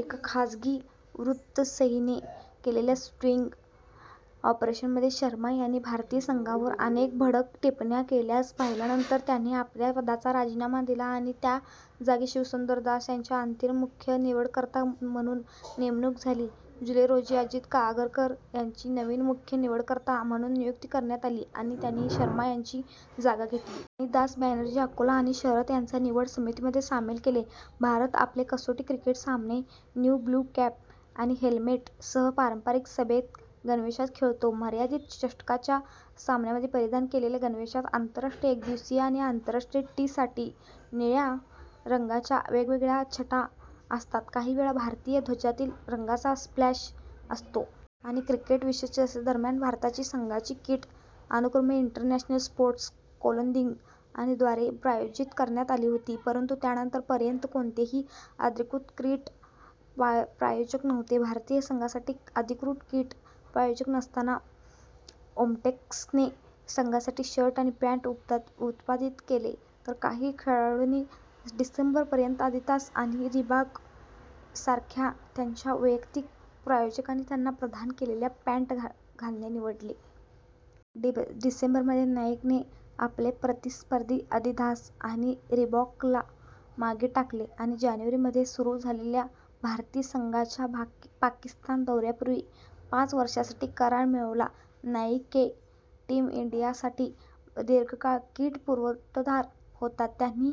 एका खाजगी वृत्तसहिनी केलेल्या स्टिंग ऑपरेशनमध्ये शर्मा यांनी भारतीय संघावर अनेक भडक टिप्पण्या केल्याचं पाहिल्यानंतर त्यांनी आपल्या पदाचा राजीनामा दिला आणि त्यांच्या जागी शिवसुंदर दास ह्यांची अंतरिम मुख्य निवडकर्ता म्हणून नेमणूक झाली. जुलै रोजी, अजित आगरकर यांची नवीन मुख्य निवडकर्ता म्हणून नियुक्ती करण्यात आली आणि त्यांनी शर्मा यांची जागा घेतली. त्यांनी दास, बॅनर्जी, अंकोला आणि शरथ यांना निवड समितीमध्ये सामील केले. भारत आपले कसोटी क्रिकेट सामने नेव्ही ब्लू कॅप आणि हेल्मेट सह पारंपारिक सफेद गणवेशात खेळतो. मर्यादित षटकांच्या सामन्यांमध्ये परिधान केलेल्या गणवेशात आंतरराष्ट्रीय एकदिवसीय आणि आंतरराष्ट्रीय टी साठी निळ्या रंगाच्या वेगवेगळ्या छटा असतात, काहीवेळा भारतीय ध्वजातील रंगांचा स्प्लॅश असतो.। आणि क्रिकेट विश्वचषकादरम्यान, भारतीय संघाची किट अनुक्रमे इंटरनॅशनल स्पोर्ट्स क्लोदिंग आणि द्वारे प्रायोजित करण्यात आली होती, परंतु त्यानंतर पर्यंत कोणतेही अधिकृत किट प्रायोजक नव्हते. भारतीय संघासाठी अधिकृत किट प्रायोजक नसताना, ओमटेक्सने संघासाठी शर्ट आणि पँट उत्पादित केले, तर काही खेळाडूंनी डिसेंबर पर्यंत आदिदास आणि रिबॉक सारख्या त्यांच्या वैयक्तिक प्रायोजकांनी त्यांना प्रदान केलेल्या पँट घालणे निवडले. डिसेंबर मध्ये, नाइकेने आपले प्रतिस्पर्धी आदिदास आणि रिबॉकला मागे टाकले आणि जानेवारी मध्ये सुरू झालेल्या भारतीय संघाच्या पाकिस्तान दौऱ्यापूर्वी पाच वर्षांसाठी करार मिळवला. नाइके टीम इंडियासाठी दीर्घकाळ किट पुरवठादार होता. त्यांना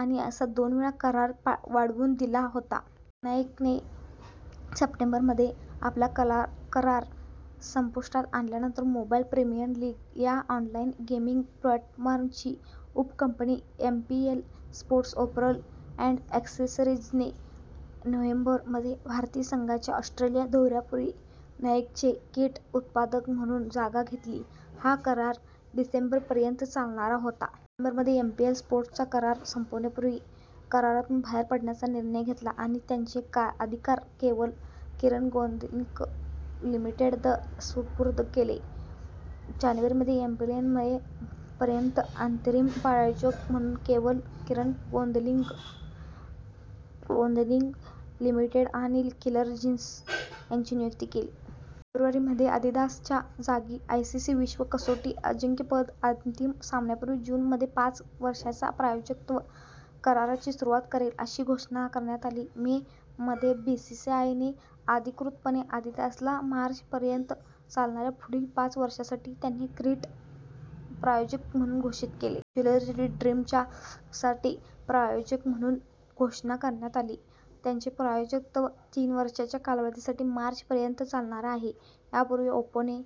आणि असा दोनवेळा करार वाढवून मिळाला होता. नाइकेने सप्टेंबर मध्ये आपला करार संपुष्टात आणल्यानंतर, मोबाइल प्रीमियर लीग ह्या ऑनलाइन गेमिंग प्लॅटफॉर्मची उपकंपनी एमपीएल स्पोर्ट्स अपेरल अँड ॲक्सेसरीजने नोव्हेंबर मध्ये भारतीय संघाच्या ऑस्ट्रेलिया दौऱ्यापूर्वी नाइकेची किट उत्पादक म्हणून जागा घेतली. हा करार डिसेंबर पर्यंत चालणार होता. नोव्हेंबर मध्ये, एमपीएल स्पोर्ट्सने त्यांचा करार संपण्यापूर्वी करारातून बाहेर पडण्याचा निर्णय घेतला आणि त्यांचे अधिकार केवल किरण क्लोदिंग लिमिटेड ला सुपूर्द केले. जानेवारी मध्ये, एमपीएलने मे पर्यंत अंतरिम प्रायोजक म्हणून केवल किरण क्लोदिंग लिमिटेड आणि किलर जीन्स यांची नियुक्ती केली. फेब्रुवारी मध्ये, आदिदास च्या जागी आयसीसी विश्व कसोटी अजिंक्यपद अंतिम सामन्यापूर्वी जून मध्ये पाच वर्षांच्या प्रायोजकत्व कराराची सुरुवात करेल अशी घोषणा करण्यात आली. मे मध्ये, बीसीसीआय ने अधिकृतपणे आदिदासला मार्च पर्यंत चालणाऱ्या पुढील पाच वर्षांसाठी त्यांचे किट प्रायोजक म्हणून घोषित केले. जुलै रोजी ड्रीम च्या साठी प्रायोजक म्हणून घोषणा करण्यात आली. त्यांचे प्रायोजकत्व तीन वर्षांच्या कालावधीसाठी मार्च पर्यंत चालणार आहे. यापूर्वी, ओप्पोने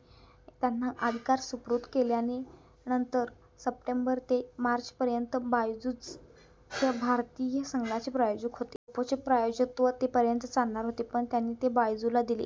त्यांना अधिकार सुपूर्द केल्यानंतर सप्टेंबर ते मार्च पर्यंत बायजू हे भारतीय संघाचे प्रायोजक होते. ओप्पोचे प्रायोजकत्व ते पर्यंत चालणार होते, पण त्यांनी ते बायजूला दिले.